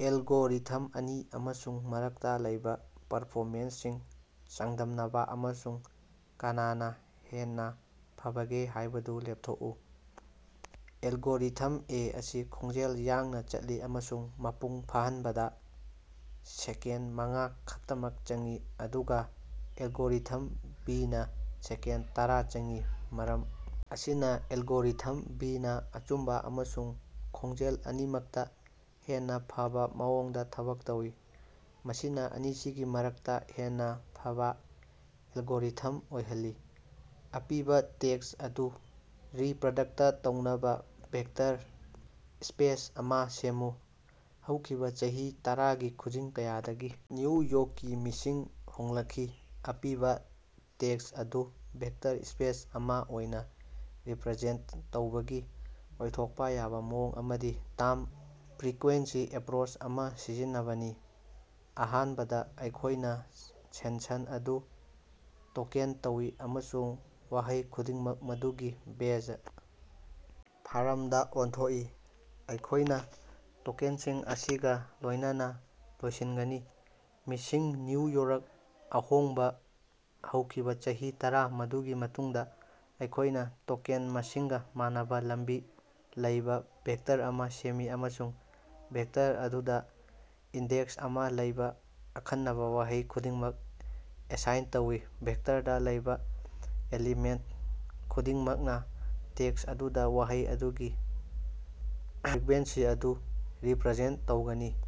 Algorithm ꯑꯅꯤ ꯑꯃꯁꯨꯡ ꯃꯔꯛꯇꯥ ꯂꯩꯕꯥ ꯄꯔꯐꯣꯃꯦꯟꯁꯁꯤꯡ ꯆꯥꯡꯗꯝꯅꯕꯥ ꯑꯃꯁꯨꯡ ꯀꯅꯥꯅꯥ ꯍꯦꯟꯅꯥ ꯐꯕꯒꯦ ꯍꯥꯏꯕꯗꯨ ꯂꯦꯞꯊꯣꯛꯎ꯫ ꯑꯦꯜꯒꯣꯔꯤꯊꯝ ꯑꯦ ꯑꯁꯤ ꯈꯣꯡꯖꯦꯜ ꯌꯥꯡꯅꯥ ꯆꯠꯂꯤ ꯑꯃꯁꯨꯡ ꯃꯄꯨꯡ ꯐꯥꯍꯟꯕꯗꯥ ꯁꯦꯀꯦꯟ ꯃꯉꯥ ꯈꯛꯇꯃꯛ ꯆꯪꯏ, ꯑꯗꯨꯒꯥ ꯑꯦꯜꯒꯣꯔꯤꯊꯝ ꯕꯤꯅ ꯁꯦꯀꯦꯟꯗ ꯇꯔꯥ ꯆꯪꯏ꯫ ꯃꯔꯝ ꯑꯁꯤꯅꯥ ꯑꯦꯜꯒꯣꯔꯤꯊꯝ ꯕꯤꯅꯥ ꯑꯆꯨꯝꯕꯥ ꯑꯃꯁꯨꯡ ꯈꯣꯡꯖꯦꯜ ꯑꯅꯤꯃꯛꯇꯥ ꯍꯦꯟꯅꯥ ꯐꯕꯥ ꯃꯑꯣꯡꯗꯥ ꯊꯕꯛ ꯇꯧꯏ, ꯃꯁꯤꯅꯥ ꯑꯅꯤꯁꯤꯒꯤ ꯃꯔꯛꯇꯥ ꯍꯦꯟꯅꯥ ꯐꯕꯥ ꯑꯦꯜꯒꯣꯔꯤꯊꯝ ꯑꯣꯏꯍꯜꯂꯤ꯫ ꯑꯄꯤꯕꯥ ꯇꯦꯛꯁ ꯑꯗꯨ ꯔꯤꯄ꯭ꯔꯗꯛꯇ ꯇꯧꯅꯕꯥ ꯚꯦꯛꯇꯔ ꯁ꯭ꯄꯦꯁ ꯑꯃꯥ ꯁꯦꯝꯃꯨ꯫ ꯍꯧꯈꯤꯕꯥ ꯆꯍꯤ ꯇꯔꯥꯒꯤ ꯈꯨꯖꯤꯡ ꯀꯌꯥꯗꯒꯤ ꯅ꯭ꯌꯨ ꯌꯣꯛꯀꯤ ꯃꯤꯁꯤꯡ ꯍꯣꯡꯂꯛꯈꯤ꯫ ꯑꯄꯤꯕꯥ ꯇꯦꯛꯁ ꯑꯗꯨ ꯚꯦꯛꯇꯔ ꯁ꯭ꯄꯦꯁ ꯑꯃꯥ ꯑꯣꯏꯅꯥ ꯔꯤꯄ꯭ꯔꯖꯦꯟꯇ ꯇꯧꯕꯒꯤ ꯑꯣꯏꯊꯣꯛꯄꯥ ꯌꯥꯕꯥ ꯃꯑꯣꯡ ꯑꯃꯗꯤ ꯇꯥꯝ ꯐ꯭ꯔꯤꯀ꯭ꯋꯦꯟꯁꯤ ꯑꯦꯄ꯭ꯔꯣꯆ ꯑꯃꯥ ꯁꯤꯖꯤꯟꯅꯕꯅꯤ꯫ ꯑꯍꯥꯟꯕꯗꯥ ꯑꯩꯈꯣꯏꯅꯥ ꯁꯦꯟꯁꯟ ꯑꯗꯨ ꯇꯣꯀꯦꯟ ꯇꯧꯏ ꯑꯃꯁꯨꯡ ꯋꯥꯍꯩ ꯈꯨꯗꯤꯡꯃꯛ ꯃꯗꯨꯒꯤ ꯕꯦꯖ ꯐꯥꯔꯝꯗꯥ ꯑꯣꯟꯊꯣꯛꯏ꯫ ꯑꯩꯈꯣꯏꯅꯥ ꯇꯣꯀꯦꯟꯁꯤꯡ ꯑꯁꯤꯒꯥ ꯂꯣꯏꯅꯅꯥ ꯂꯣꯏꯁꯤꯟꯒꯅꯤ꯫ ꯃꯤꯁꯤꯡ, ꯅ꯭ꯌꯨ ꯌꯣꯔꯛ, ꯑꯍꯣꯡꯕꯥ, ꯍꯧꯈꯤꯕꯥ, ꯆꯍꯤ ꯇꯔꯥ ꯃꯗꯨꯒꯤ ꯃꯇꯨꯡꯗꯥ ꯑꯩꯈꯣꯏꯅꯥ ꯇꯣꯀꯦꯟ ꯃꯁꯤꯡꯒꯥ ꯃꯥꯟꯅꯕꯥ ꯂꯝꯕꯤ ꯂꯩꯕꯥ ꯚꯦꯛꯇꯔ ꯑꯃꯥ ꯁꯦꯝꯃꯤ ꯑꯃꯁꯨꯡ ꯚꯦꯛꯇꯔ ꯑꯗꯨꯗꯥ ꯏꯟꯗꯦꯛꯁ ꯑꯃꯥ ꯂꯩꯕꯥ ꯑꯈꯟꯅꯕꯥ ꯋꯥꯍꯩ ꯈꯨꯗꯤꯡꯃꯛ ꯑꯦꯁꯥꯏꯟ ꯇꯧꯏ꯫ ꯚꯦꯛꯇꯔꯗꯥ ꯂꯩꯕꯥ ꯑꯦꯂꯤꯃꯦꯟꯇ ꯈꯨꯗꯤꯡꯃꯛꯅꯥ ꯇꯦꯛꯁ ꯑꯗꯨꯗꯥ ꯋꯥꯍꯩ ꯑꯗꯨꯒꯤ ꯐ꯭ꯔꯤꯛꯕꯦꯟꯁꯤ ꯑꯗꯨ ꯔꯤꯄ꯭ꯔꯖꯦꯟꯇ ꯇꯧꯒꯅꯤ꯫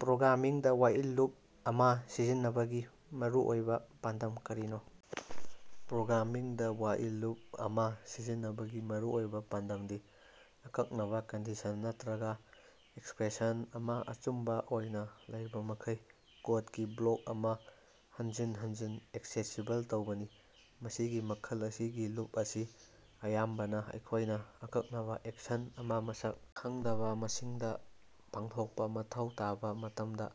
ꯄ꯭ꯔꯣꯒ꯭ꯔꯥꯃꯤꯡꯗꯥ ꯋꯥꯏꯜ ꯂꯨꯞ ꯑꯃꯥ ꯁꯤꯖꯤꯟꯅꯕꯒꯤ ꯃꯔꯨꯑꯣꯏꯕꯥ ꯄꯥꯟꯗꯝ ꯀꯔꯤꯅꯣ? ꯄ꯭ꯔꯣꯒ꯭ꯔꯥꯃꯤꯡꯗꯥ ꯋꯥꯏꯜ ꯂꯨꯞ ꯑꯃꯥ ꯁꯤꯖꯤꯟꯅꯕꯒꯤ ꯃꯔꯨꯑꯣꯏꯕꯥ ꯄꯥꯟꯗꯝꯗꯤ ꯑꯀꯛꯅꯕꯥ ꯀꯟꯗꯤꯁꯟ ꯅꯠꯇ꯭ꯔꯒꯥ ꯑꯦꯛꯁꯄ꯭ꯔꯦꯁꯟ ꯑꯃꯥ ꯑꯆꯨꯝꯕꯥ ꯑꯣꯏꯅꯥ ꯂꯩꯔꯤꯕꯃꯈꯩ ꯀꯣꯠꯀꯤ ꯕ꯭ꯂꯣꯛ ꯑꯃꯥ ꯍꯟꯖꯤꯟ ꯍꯟꯖꯤꯟ ꯑꯦꯛꯁꯦꯁꯤꯕꯜ ꯇꯧꯕꯅꯤ꯫ ꯃꯁꯤꯒꯤ ꯃꯈꯜ ꯑꯁꯤꯒꯤ ꯂꯨꯞ ꯑꯁꯤ ꯑꯌꯥꯝꯕꯅꯥ ꯑꯩꯈꯣꯏꯅꯥ ꯑꯀꯛꯅꯕꯥ ꯑꯦꯛꯁꯟ ꯑꯃꯥ ꯃꯁꯛ ꯈꯪꯗꯕꯥ ꯃꯁꯤꯡꯗꯥ ꯄꯥꯡꯊꯣꯛꯄꯥ ꯃꯊꯧ ꯇꯥꯕꯥ ꯃꯇꯝꯗꯥ,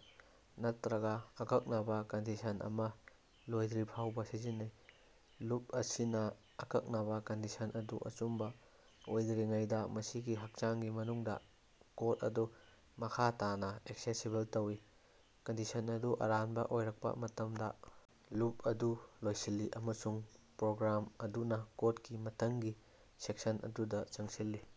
ꯅꯠꯇ꯭ꯔꯒꯥ ꯑꯀꯛꯅꯕꯥ ꯀꯟꯗꯤꯁꯟ ꯑꯃꯥ ꯂꯣꯏꯗ꯭ꯔꯤꯐꯥꯎꯕꯥ ꯁꯤꯖꯤꯟꯅꯩ꯫ ꯂꯨꯞ ꯑꯁꯤꯅꯥ ꯑꯀꯛꯅꯕꯥ ꯀꯟꯗꯤꯁꯟ ꯑꯗꯨ ꯑꯆꯨꯝꯕꯥ ꯑꯣꯏꯗ꯭ꯔꯤꯉꯩꯗꯥ ꯃꯁꯤꯒꯤ ꯍꯛꯆꯥꯡꯒꯤ ꯃꯅꯨꯡꯗꯥ ꯀꯣꯠ ꯑꯗꯨ ꯃꯈꯥ ꯇꯥꯅꯥ ꯑꯦꯛꯁꯦꯁꯤꯕꯜ ꯇꯧꯏ꯫ ꯀꯟꯗꯤꯁꯟ ꯑꯗꯨ ꯑꯔꯥꯟꯕꯥ ꯑꯣꯏꯔꯛꯄꯥ ꯃꯇꯝꯗꯥ, ꯂꯨꯞ ꯑꯗꯨ ꯂꯣꯏꯁꯤꯜꯂꯤ ꯑꯃꯁꯨꯡ ꯄ꯭ꯔꯣꯒ꯭ꯔꯥꯝ ꯑꯗꯨꯅꯥ ꯀꯣꯠꯀꯤ ꯃꯊꯪꯒꯤ ꯁꯦꯛꯁꯟ ꯑꯗꯨꯗꯥ ꯆꯪꯁꯤꯜꯂꯤ꯫